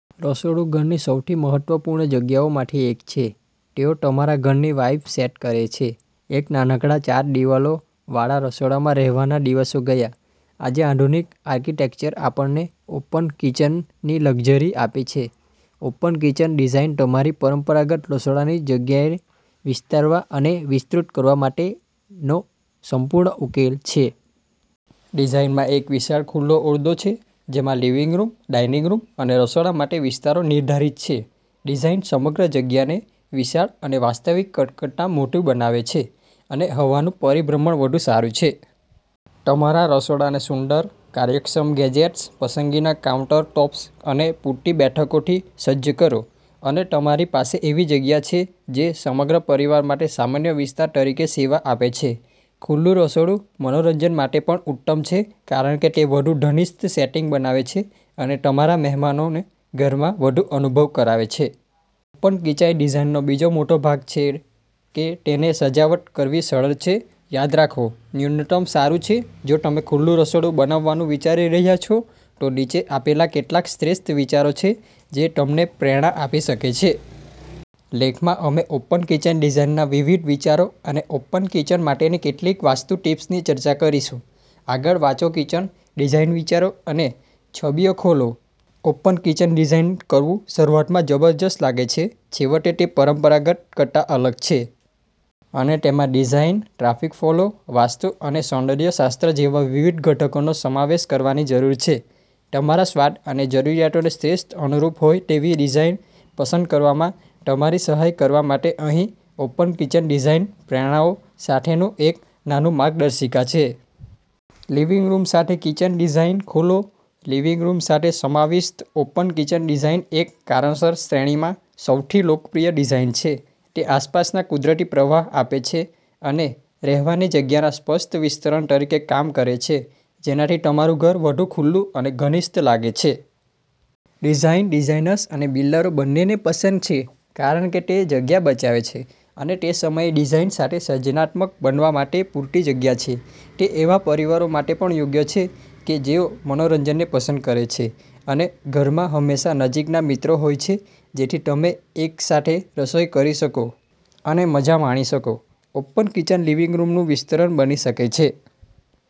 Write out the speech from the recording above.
રસોડું ઘરની સૌથી મહત્વપૂર્ણ જગ્યાઓમાંથી એક છે. તેઓ તમારા ઘરની વાઇબ સેટ કરે છે. એક નાનકડા, ચાર દીવાલો વાળા રસોડામાં રહેવાના દિવસો ગયા. આજે આધુનિક આર્કિટેક્ચરે આપણને ઓપન કિચનની લક્ઝરી આપી છે. ઓપન કિચન ડિઝાઇન તમારી પરંપરાગત રસોડાની જગ્યાને વિસ્તારવા અને વિસ્તૃત કરવા માટેનો સંપૂર્ણ ઉકેલ છે. ડિઝાઇનમાં એક વિશાળ ખુલ્લો ઓરડો છે જેમાં લિવિંગ રૂમ, ડાઇનિંગ રૂમ અને રસોડા માટે વિસ્તારો નિર્ધારિત છે. ડિઝાઇન સમગ્ર જગ્યાને વિશાળ અને વાસ્તવિક કદ કરતાં મોટી બનાવે છે અને હવાનું પરિભ્રમણ વધુ સારું છે. તમારા રસોડાને સુંદર, કાર્યક્ષમ ગેજેટ્સ, પસંદગીના કાઉન્ટરટૉપ્સ અને પૂરતી બેઠકોથી સજ્જ કરો અને તમારી પાસે એવી જગ્યા છે જે સમગ્ર પરિવાર માટે સામાન્ય વિસ્તાર તરીકે સેવા આપે છે. ખુલ્લું રસોડું મનોરંજન માટે પણ ઉત્તમ છે કારણ કે તે વધુ ઘનિષ્ઠ સેટિંગ બનાવે છે અને તમારા મહેમાનોને ઘરમાં વધુ અનુભવ કરાવે છે. ઓપન કિચન ડિઝાઈનનો બીજો મોટો ભાગ છે કે તેને સજાવટ કરવી સરળ છે. યાદ રાખો, ન્યૂનતમ સારું છે. જો તમે ખુલ્લું રસોડું બનાવવાનું વિચારી રહ્યા છો, તો નીચે આપેલા કેટલાક શ્રેષ્ઠ વિચારો છે જે તમને પ્રેરણા આપી શકે છે. લેખમાં અમે ઓપન કિચન ડિઝાઇનના વિવિધ વિચારો અને ઓપન કિચન માટેની કેટલીક વાસ્તુ ટીપ્સની ચર્ચા કરીશું. આગળ વાંચોકિચન ડિઝાઇન વિચારો અને છબીઓ ખોલો, ઓપન કિચન ડિઝાઇન કરવું શરૂઆતમાં જબરજસ્ત લાગે છે. છેવટે, તે પરંપરાગત કરતાં અલગ છે. અને તેમાં ડિઝાઈન, ટ્રાફિક ફ્લો, વાસ્તુ અને સૌંદર્ય શાસ્ત્ર જેવા વિવિધ ઘટકોનો સમાવેશ કરવાની જરૂર છે. તમારા સ્વાદ અને જરૂરિયાતોને શ્રેષ્ઠ અનુરૂપ હોય તેવી ડિઝાઇન પસંદ કરવામાં તમારી સહાય કરવા માટે અહીં ઓપન કિચન ડિઝાઇન પ્રેરણાઓ સાથેનું એક નાનું માર્ગદર્શિકા છે. લિવિંગ રૂમ સાથે કિચન ડિઝાઇન ખોલો લિવિંગ રૂમ સાથે સમાવિષ્ટ ઓપન કિચન ડિઝાઇન એક કારણસર શ્રેણીમાં સૌથી લોકપ્રિય ડિઝાઇન છે. તે આસપાસનાને કુદરતી પ્રવાહ આપે છે અને રહેવાની જગ્યાના સ્પષ્ટ વિસ્તરણ તરીકે કામ કરે છે જેનાથી તમારું ઘર વધુ ખુલ્લું અને ઘનિષ્ઠ લાગે છે. ડિઝાઇન ડિઝાઇનર્સ અને બિલ્ડરો બંનેને પસંદ છે કારણ કે તે જગ્યા બચાવે છે અને તે સમયે ડિઝાઇન સાથે સર્જનાત્મક બનવા માટે પૂરતી જગ્યા છે. તે એવા પરિવારો માટે પણ યોગ્ય છે કે જેઓ મનોરંજનને પસંદ કરે છે અને ઘરમાં હંમેશા નજીકના મિત્રો હોય છે જેથી તમે એકસાથે રસોઇ કરી શકો અને મજા માણી શકો. ઓપન કિચન લિવિંગ રૂમનું વિસ્તરણ બની શકે છે.